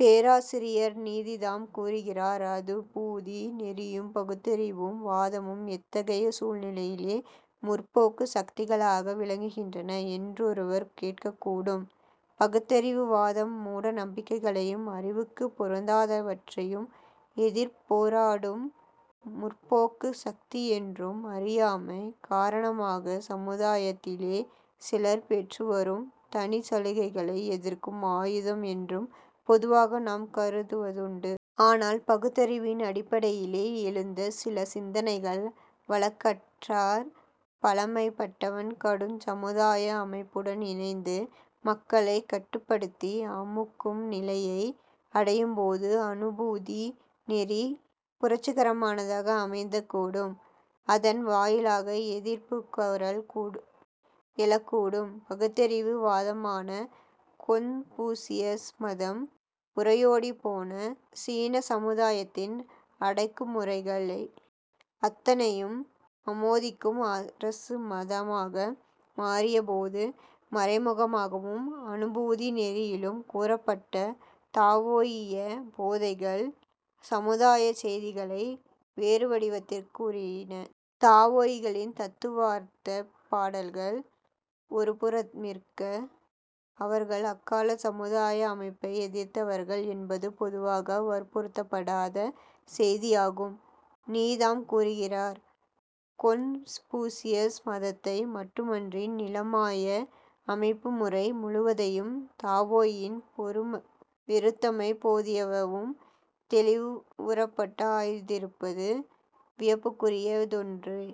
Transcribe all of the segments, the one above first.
பேராசிரியர் நீதாம் கூறுகிறார்: "அநுபூதி நெறியும் பகுத்தறியும் வாதமும் எத்தகைய சூழ்நிலையிலே முற்போக்குச் சக்திகளாக விளங்குகின்றன என்றொருவர் கேட்கக்கூடும். பகுத்தறிவு வாதம் மூட நம்பிக்கைகளையும் அறிவுக்குப் பொருந்தாதனவற்றையும் எதிர்த்துப் போராடும் முற்போக்குச் சக்தியென்றும், அறியாமை காரணமாகச் சமுதாயத்திலே சிலர் பெற்றுவரும் தனிச் சலுகைகளை எதிர்க்கும் ஆயுதம் என்றும் பொதுவாக நாம் கருதுவதுண்டு. ஆனால், பகுத்தறிவின் அடிப்படையிலே எழுந்த சில சிந்தனைகள் வழக்காறற்ற பழமைப்பட்டவன் கடுமைச் சமுதாய அமைப்புடன் இணைந்து மக்களைக் கட்டுப்படுத்தி அமுக்கும் நிலையை அடையும்போது அநுபூதி நெறி புரட்சிகரமானதாக அமைதல் கூடும். அதன் வாயிலாக எதிர்ப்புக் குரல் எழக்கூடும். " பகுத்தறிவு வாதமான கொன்பூசியஸ் மதம் புரையோடிப்போன சீனச்சமுதாயத்தின் அடக்குமுறைகள் அத்தனையையும் ஆமோதிக்கும் அரச மதமாக மாறியபோது, மறைமுகமாகவும் அநுபூதி நெறியிலும் கூறப்பட்ட தாவோயிய போதனைகள் சமுதாயச் செய்திகளை வேறுவடிவத்திற் கூறின. தாவோயிகளின் தத்துவார்த்தப் பாடல்கள் ஒருபுறமிருக்க, அவர்கள் அக்காலச் சமுதாய அமைப்பை எதிர்த்தவர்கள் என்பது பொதுவாக வற்புறுத்தப்படாத செய்தியாகும். நீதாம் கூறுகிறார்: "கொன்பூசியஸ் மதத்தை மட்டுமன்றி நிலமானிய அமைப்புமுறை முழுவதையும் தாவோயிகள் வெறுத்தமை போதியளவு தௌிவுறத்தப்படாதிருப்பது வியப்புக்குரியதொன்றே.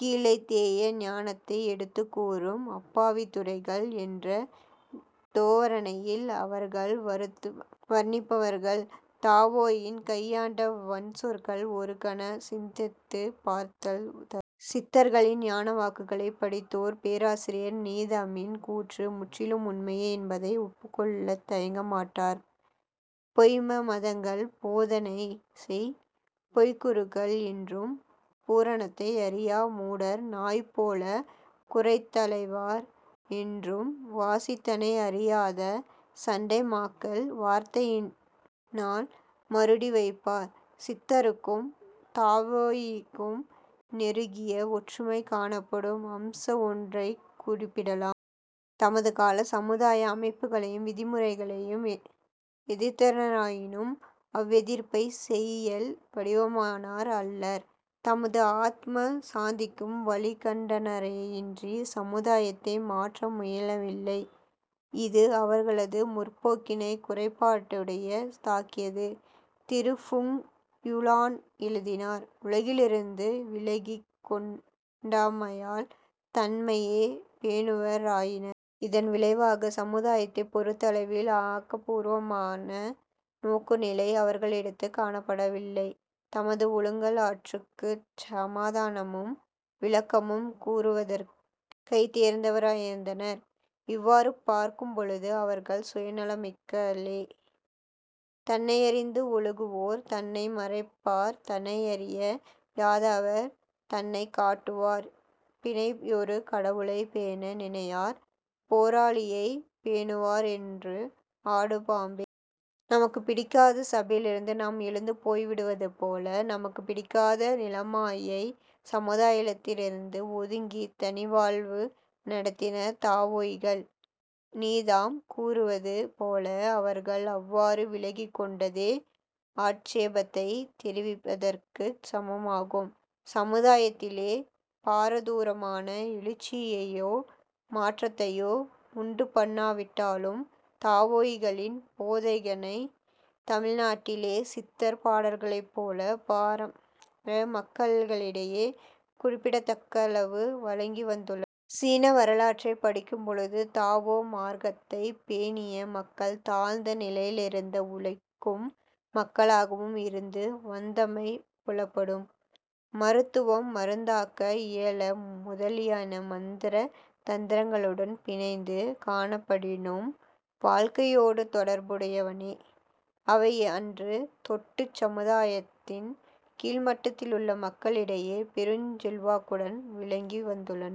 'கீழைத் தேய ஞானத்தை எடுத்துக் கூறும் அப்பாவித் துறவிகள்' என்ற தோரணையில் அவர்களை வருணிப்பவர்கள், தாவோயிகள் கையாண்ட வன்சொற்களை ஒரு கணம் சிந்தித்துப் பார்த்தல் தகும். " சித்தர்களின் ஞான வாக்குகளைப் படித்தோர் பேராசிரியர் நீதாமின் கூற்று முற்றிலும் உண்மையே என்பதை ஒப்புக்கொள்ளத் தயங்கமாட்டார். "பொய்ம் மதங்கள் போதனைசெய் பொய்க்குருக்கள்" என்றும் "பூரணத்தை அறியா மூடர் நாய்போல குரைத்தலைவார்" என்றும் "வாசிதனை அறியாத சண்டி மாக்கள் வார்த்தையினால் மருட்டி வைப்பார். " சித்தருக்கும் தாவோயிகளுக்கும் நெருங்கிய ஒற்றுமை காணப்படும் அம்சம் ஒன்றைக் குறிப்பிடலாம். தமது காலத்துச் சமுதாய அமைப்பையும் விதிமுறைகளையும் எதிர்த்தனராயினும், அவ்வெதிர்ப்பைச் செயல் வடிவாக்கினார் அல்லர். தமது ஆத்ம சாந்திக்கு வழி கண்டனரேயன்றிச் சமுதாயத்தை மாற்ற முனையவில்லை. இது அவர்ளது முற்போக்கினைக் குறைபாடுடைய தாக்கியது. திரு. ஃபுங் யூ-லான் எழுதுகிறார்: "உலகிலிருந்து விலகிக் கொண்டமையால் தம்மையே பேணுபவ ராயினர். இதன் விளைவாகச் சமுதாயத்தைப் பொறுத்தளவில் ஆக்கப்பூர்வமான நோக்குநிலை அவர்களிடத்துக் காணப்படவில்லை. தமது ஒழுக்கலாற்றுக்குச் சமாதானமும் விளக்கமும் கூறுவதிற் கைதேர்ந்தவராயிருந்தனர். இவ்வாறு பார்க்கும்பொழுது அவர்கள் சுயநலமிகளே. " "தன்னையறிந்து ஒழுகுவோர் தன்னை மறைப்பார் தன்னையறி யாதவரே தன்னைக் காட்டுவார் பின்னையொரு கடவுளைப் பேண நினையார் பேரொளியைப் பேணுவார் என்று ஆடு பாம்பே! " நமக்குப் பிடிக்காத சபையிலிருந்து நாம் எழுந்து போய்விடுவது போல, தமக்குப் பிடிக்காத நிலமானியச் சமூகத்திலிருந்து ஒதுங்கித் தனிவாழ்வு நடத்தினர் தாவோயிகள். நீதாம் கூறுவது போல, "அவர்கள் அவ்வாறு விலகிக் கொண்டதே ஆட்சேபத்தைத் தெரிவித்ததற்குச் சமானமாகும். " சமுதாயத்திலே பாரதூரமான எழுச்சியையோ மாற்றத்தையோ உண்டுபண்ணாவிட்டாலும், தாவோயிகளின் போதனைகள் தமிழ் நாட்டிலே சித்தர் பாடல்களைப் போல பாமர மக்களிடையே குறிப்பிடத்தக்களவு வழங்கி வந்துள்ளன. சீன வரலாற்றைப் படிக்கும் பொழுது, தாவோ மார்க்கத்தைப் பேணிய மக்கள் தாழ்ந்த நிலையிலிருந்த உழைக்கும் மக்களாகவும் இருந்து வந்தமை புலப்படும். மருத்துவம், மருந்தாக்க இயல் முதலியன மந்திர தந்திரங்களுடன் பிணைந்து காணப்படினும், வாழ்க்கையோடு தொடர்பு உடையனவே. அவை அன்று தொட்டுச் சமுதாயத்தின் கீழ்மட்டத்தில் உள்ள மக்களிடையே பெருஞ் செல்வாக்குடன் விளங்கி வந்துள்ளன.